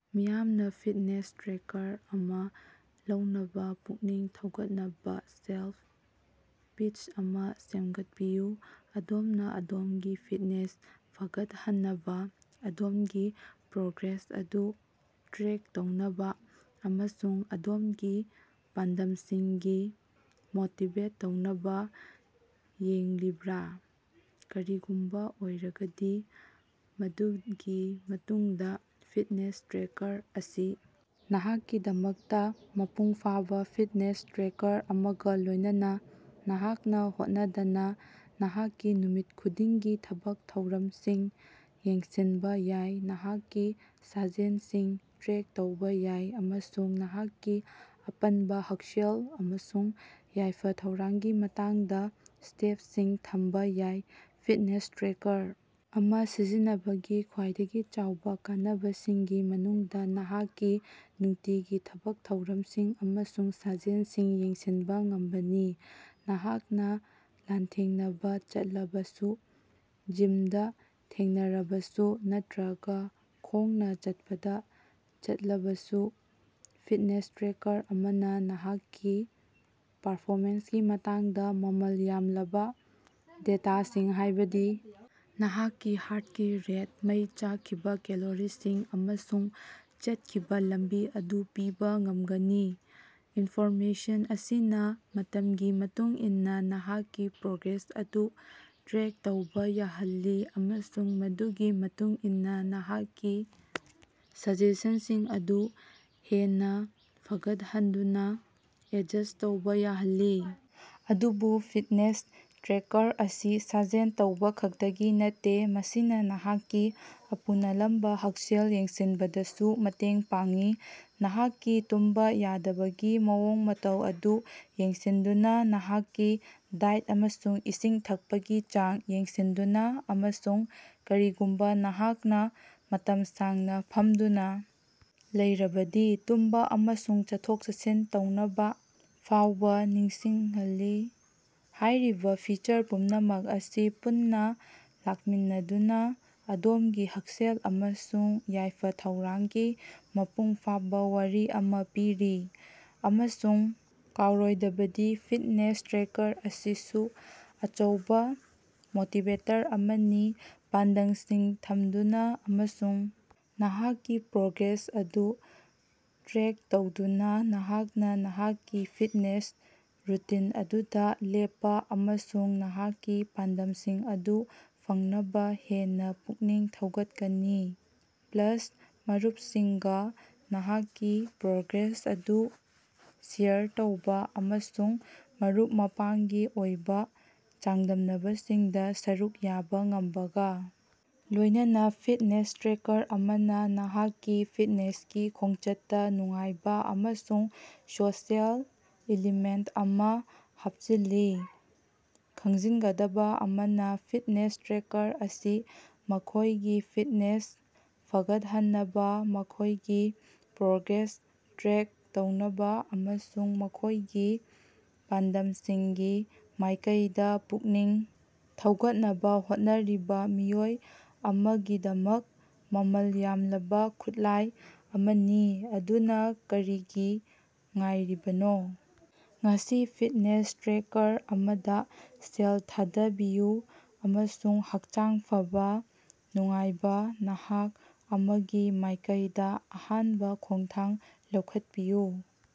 ‎ꯃꯤꯌꯥꯝꯅꯥ fitness tracker ꯑꯃꯥ ꯂꯧꯅꯕꯥ ꯄꯨꯛꯅꯤꯡ ꯊꯧꯒꯠꯅꯕꯥ ꯁꯦꯂꯁ ꯄꯤꯆ ꯑꯃꯥ ꯁꯦꯃꯒꯠꯄꯤꯌꯨ꯫ ꯑꯗꯣꯝꯅꯥ ꯑꯗꯣꯝꯒꯤ ꯐꯤꯠꯅꯦꯁ ꯐꯒꯠꯍꯟꯅꯕꯥ, ꯑꯗꯣꯝꯒꯤ ꯄ꯭ꯔꯣꯒ꯭ꯔꯦꯁ ꯑꯗꯨ ꯇ꯭ꯔꯦꯛ ꯇꯧꯅꯕꯥ ꯑꯃꯁꯨꯡ ꯑꯗꯣꯝꯒꯤ ꯄꯥꯟꯗꯝꯁꯤꯡꯒꯤ ꯃꯣꯇꯤꯕꯦꯠ ꯇꯧꯅꯕꯥ ꯌꯦꯡꯂꯤꯕ꯭ꯔꯥ? ꯀꯔꯤꯒꯨꯝꯕꯥ ꯑꯣꯏꯔꯒꯗꯤ ꯃꯗꯨꯒꯤ ꯃꯇꯨꯡꯗꯥ ꯐꯤꯠꯅꯦꯁ ꯇ꯭ꯔꯦꯀꯔ ꯑꯁꯤ ꯅꯍꯥꯛꯀꯤꯗꯃꯛꯇꯥ ꯃꯄꯨꯡ ꯐꯥꯕꯥ ꯐꯤꯠꯅꯦꯁ ꯇ꯭ꯔꯦꯀꯔ ꯑꯃꯒꯥ ꯂꯣꯏꯅꯅꯥ ꯅꯍꯥꯛꯅꯥ ꯍꯣꯠꯅꯗꯅꯥ ꯅꯍꯥꯛꯀꯤ ꯅꯨꯃꯤꯠ ꯈꯨꯗꯤꯡꯒꯤ ꯊꯕꯛ ꯊꯧꯔꯝꯁꯤꯡ ꯌꯦꯡꯁꯤꯅꯕꯥ ꯌꯥꯏ꯫ ꯅꯍꯥꯛꯀꯤ ꯁꯥꯖꯦꯟꯁꯤꯡ ꯇ꯭ꯔꯦꯛ ꯇꯧꯕꯥ ꯌꯥꯏ ꯑꯃꯁꯨꯡ ꯅꯍꯥꯛꯀꯤ ꯑꯄꯟꯕꯥ ꯍꯛꯁꯦꯜ ꯑꯃꯁꯨꯡ ꯌꯥꯏꯐ-ꯊꯧꯔꯥꯡꯒꯤ ꯃꯇꯥꯡꯗꯥ ꯁꯇꯦꯕꯁꯤꯡ ꯊꯝꯕꯥ ꯌꯥꯏ꯫ ꯐꯤꯠꯅꯦꯁ ꯇ꯭ꯔꯦꯀꯔ ꯑꯃꯥ ꯁꯤꯖꯤꯟꯅꯕꯒꯤ ꯈ꯭ꯕꯥꯏꯗꯒꯤ ꯆꯥꯎꯕꯥ ꯀꯥꯟꯅꯕꯁꯤꯡꯒꯤ ꯃꯅꯨꯡꯗꯥ ꯅꯍꯥꯛꯀꯤ ꯅꯨꯡꯇꯤꯒꯤ ꯊꯕꯛ ꯊꯧꯔꯃꯁꯤꯡ ꯑꯃꯁꯨꯡ ꯁꯥꯖꯦꯟꯁꯤꯡ ꯌꯦꯡꯁꯤꯟꯕꯥ ꯉꯝꯕꯅꯤ꯫ ꯅꯍꯥꯛꯅꯥ ꯂꯥꯟꯊꯦꯡꯅꯕ ꯆꯠꯂꯕꯁꯨ, ꯖꯤꯝꯗꯥ ꯊꯦꯡꯅꯔꯕꯁꯨ ꯅꯠꯇ꯭ꯔꯒꯥ ꯈꯣꯡꯅꯥ ꯆꯠꯄꯗꯥ ꯆꯠꯂꯕꯁꯨ, ꯐꯤꯠꯅꯦꯁ ꯇ꯭ꯔꯦꯀꯔ ꯑꯃꯅꯥ ꯅꯍꯥꯛꯀꯤ ꯄꯔꯐꯣꯃꯦꯟꯁꯀꯤ ꯃꯇꯥꯡꯗꯥ ꯃꯃꯜ ꯌꯥꯝꯂꯕꯥ ꯗꯦꯇꯥꯁꯤꯡ, ꯍꯥꯏꯕꯗꯤ ꯅꯍꯥꯛꯀꯤ ꯍꯥꯔꯇꯀꯤ ꯔꯦꯠ, ꯃꯩ ꯆꯥꯛꯈꯤꯕꯥ ꯀꯦꯂꯣꯔꯤꯁꯤꯡ, ꯑꯃꯁꯨꯡ ꯆꯠꯈꯤꯕꯥ ꯂꯝꯕꯤ ꯑꯗꯨ ꯄꯤꯕꯥ ꯉꯝꯒꯅꯤ꯫ ꯏꯟꯐꯣꯔꯃꯦꯁꯟ ꯑꯁꯤꯅꯥ ꯃꯇꯝꯒꯤ ꯃꯇꯨꯡꯏꯟꯅꯥ ꯅꯍꯥꯛꯀꯤ ꯄ꯭ꯔꯣꯒ꯭ꯔꯦꯁ ꯑꯗꯨ ꯇ꯭ꯔꯦꯛ ꯇꯧꯕꯥ ꯌꯥꯍꯜꯂꯤ ꯑꯃꯁꯨꯡ ꯃꯗꯨꯒꯤ ꯃꯇꯨꯡꯏꯟꯅꯥ ꯅꯍꯥꯛꯀꯤ ꯁꯥꯖꯦꯟꯁꯤꯡ ꯑꯗꯨ ꯍꯦꯟꯅꯥ ꯐꯒꯠꯍꯟꯗꯨꯅꯥ ꯑꯦꯗꯖꯁ꯭ꯠ ꯇꯧꯕꯥ ꯌꯥꯍꯜꯂꯤ꯫ ꯑꯗꯨꯕꯨ ꯐꯤꯠꯅꯦꯁ ꯇ꯭ꯔꯦꯀꯔ ꯑꯁꯤ ꯁꯥꯖꯦꯟ ꯇꯧꯕꯈꯛꯇꯒꯤ ꯅꯠꯇꯦ꯫ ꯃꯁꯤꯅꯥ ꯅꯍꯥꯛꯀꯤ ꯑꯄꯨꯅꯜꯟꯕꯥ ꯍꯛꯁꯦꯜ ꯌꯦꯡꯁꯤꯟꯕꯗꯁꯨ ꯃꯇꯦꯡ ꯄꯥꯡꯏ, ꯅꯍꯥꯛꯀꯤ ꯇꯨꯝꯕꯥ ꯌꯥꯗꯕꯒꯤ ꯃꯑꯣꯡ-ꯃꯇꯧ ꯑꯗꯨ ꯌꯦꯡꯁꯤꯟꯗꯨꯅꯥ, ꯅꯍꯥꯛꯀꯤ ꯗꯥꯏꯠ ꯑꯃꯁꯨꯡ ꯏꯁꯤꯡ ꯊꯛꯄꯒꯤ ꯆꯥꯡ ꯌꯦꯡꯁꯤꯟꯗꯨꯅꯥ, ꯑꯃꯁꯨꯡ ꯀꯔꯤꯒꯨꯝꯕꯥ ꯅꯍꯥꯛꯅꯥ ꯃꯇꯝ ꯁꯥꯡꯅꯥ ꯐꯝꯗꯨꯅꯥ ꯂꯩꯔꯕꯗꯤ ꯇꯨꯝꯕꯥ ꯑꯃꯁꯨꯡ ꯆꯠꯊꯣꯛ-ꯆꯠꯁꯤꯟ ꯇꯧꯅꯕꯥ ꯐꯥꯑꯣꯕꯥ ꯅꯤꯡꯁꯤꯡꯍꯜꯂꯤ꯫ ꯍꯥꯏꯔꯤꯕꯥ ꯐꯤꯆꯔ ꯄꯨꯝꯅꯃꯛ ꯑꯁꯤ ꯄꯨꯟꯅꯥ ꯂꯥꯛꯃꯤꯟꯅꯗꯨꯅꯥ ꯑꯗꯣꯝꯒꯤ ꯍꯛꯁꯦꯜ ꯑꯃꯁꯨꯡ ꯌꯥꯏꯐ-ꯊꯧꯔꯥꯡꯒꯤ ꯃꯄꯨꯡ ꯐꯥꯕꯥ ꯋꯥꯔꯤ ꯑꯃꯥ ꯄꯤꯔꯤ꯫ ꯑꯃꯁꯨꯡ ꯀꯥꯑꯣꯔꯣꯏꯗꯕꯗꯤ ꯐꯤꯠꯅꯦꯁ ꯇ꯭ꯔꯦꯀꯔ ꯑꯁꯤꯁꯨ ꯑꯆꯧꯕꯥ ꯃꯣꯇꯤꯕꯦꯇꯔ ꯑꯃꯅꯤ꯫ ꯄꯥꯟꯗꯝꯁꯤꯡ ꯊꯝꯗꯨꯅꯥ ꯑꯃꯁꯨꯡ ꯅꯍꯥꯛꯀꯤ ꯄ꯭ꯔꯣꯒ꯭ꯔꯦꯁ ꯑꯗꯨ ꯇ꯭ꯔꯦꯛ ꯇꯧꯗꯨꯅꯥ, ꯅꯍꯥꯛꯅꯥ ꯅꯍꯥꯛꯀꯤ ꯐꯤꯠꯅꯦꯁ ꯔꯨꯇꯤꯟ ꯑꯗꯨꯗꯥ ꯂꯦꯞꯄꯥ ꯑꯃꯁꯨꯡ ꯅꯍꯥꯛꯀꯤ ꯄꯥꯟꯗꯝꯁꯤꯡ ꯑꯗꯨ ꯐꯪꯅꯕꯥ ꯍꯦꯟꯅꯥ ꯄꯨꯛꯅꯤꯡ ꯊꯧꯒꯠꯀꯅꯤ꯫ ꯄ꯭ꯂꯥꯁ, ꯃꯔꯨꯞꯁꯤꯡꯒꯥ ꯅꯍꯥꯛꯀꯤ ꯄ꯭ꯔꯣꯒ꯭ꯔꯦꯁ ꯑꯗꯨ ꯁꯦꯌꯔ ꯇꯧꯕꯥ ꯑꯃꯁꯨꯡ ꯃꯔꯨꯞ-ꯃꯄꯥꯡꯒꯤ ꯑꯣꯏꯕꯥ ꯆꯥꯡꯗꯝꯅꯕꯁꯤꯡꯗꯥ ꯁꯔꯨꯛ ꯌꯥꯕꯥ ꯉꯝꯕꯒꯥ ꯂꯣꯏꯅꯅꯥ, ꯐꯤꯠꯅꯦꯁ ꯇ꯭ꯔꯦꯀꯔ ꯑꯃꯅꯥ ꯅꯍꯥꯛꯀꯤ ꯐꯤꯠꯅꯦꯁꯀꯤ ꯈꯣꯡꯆꯠꯇꯥ ꯅꯨꯡꯉꯥꯏꯕꯥ ꯑꯃꯁꯨꯡ ꯁꯣꯁꯤꯑꯦꯜ ꯏꯂꯤꯃꯦꯟꯇ ꯑꯃꯥ ꯍꯥꯄꯆꯤꯜꯂꯤ꯫ ꯈꯪꯖꯤꯅꯒꯗꯕꯥ ꯑꯃꯅꯥ, ꯐꯤꯠꯅꯦꯁ ꯇ꯭ꯔꯦꯀꯔ ꯑꯁꯤ ꯃꯈꯣꯏꯒꯤ ꯐꯤꯠꯅꯦꯁ ꯐꯒꯠꯍꯟꯅꯕꯥ, ꯃꯈꯣꯏꯒꯤ ꯄ꯭ꯔꯣꯒ꯭ꯔꯦꯁ ꯇ꯭ꯔꯦꯛ ꯇꯧꯅꯕꯥ ꯑꯃꯁꯨꯡ ꯃꯈꯣꯏꯒꯤ ꯄꯥꯟꯗꯝꯁꯤꯡꯒꯤ ꯃꯥꯏꯀꯩꯗꯥ ꯄꯨꯛꯅꯤꯡ ꯊꯧꯒꯠꯅꯕꯥ ꯍꯣꯠꯅꯔꯤꯕꯥ ꯃꯤꯑꯣꯏ ꯑꯃꯒꯤꯗꯃꯛ ꯃꯃꯜ ꯌꯥꯝꯂꯕꯥ ꯈꯨꯠꯂꯥꯏ ꯑꯃꯅꯤ꯫ ꯑꯗꯨꯅꯥ ꯀꯔꯤꯒꯤ ꯉꯥꯏꯔꯤꯕꯅꯣ? ꯉꯁꯤ ꯐꯤꯠꯅꯦꯁ ꯇ꯭ꯔꯦꯀꯔ ꯑꯃꯗꯥ ꯁꯦꯜ ꯊꯥꯗꯕꯤꯌꯨ ꯑꯃꯁꯨꯡ ꯍꯛꯆꯥꯡ ꯐꯕ, ꯅꯨꯡꯉꯥꯏꯕꯥ ꯅꯍꯥꯛ ꯑꯃꯒꯤ ꯃꯥꯏꯀꯩꯗꯥ ꯑꯍꯥꯟꯕꯥ ꯈꯣꯡꯊꯥꯡ ꯂꯧꯈꯠꯄꯤꯌꯨ꯫ ‎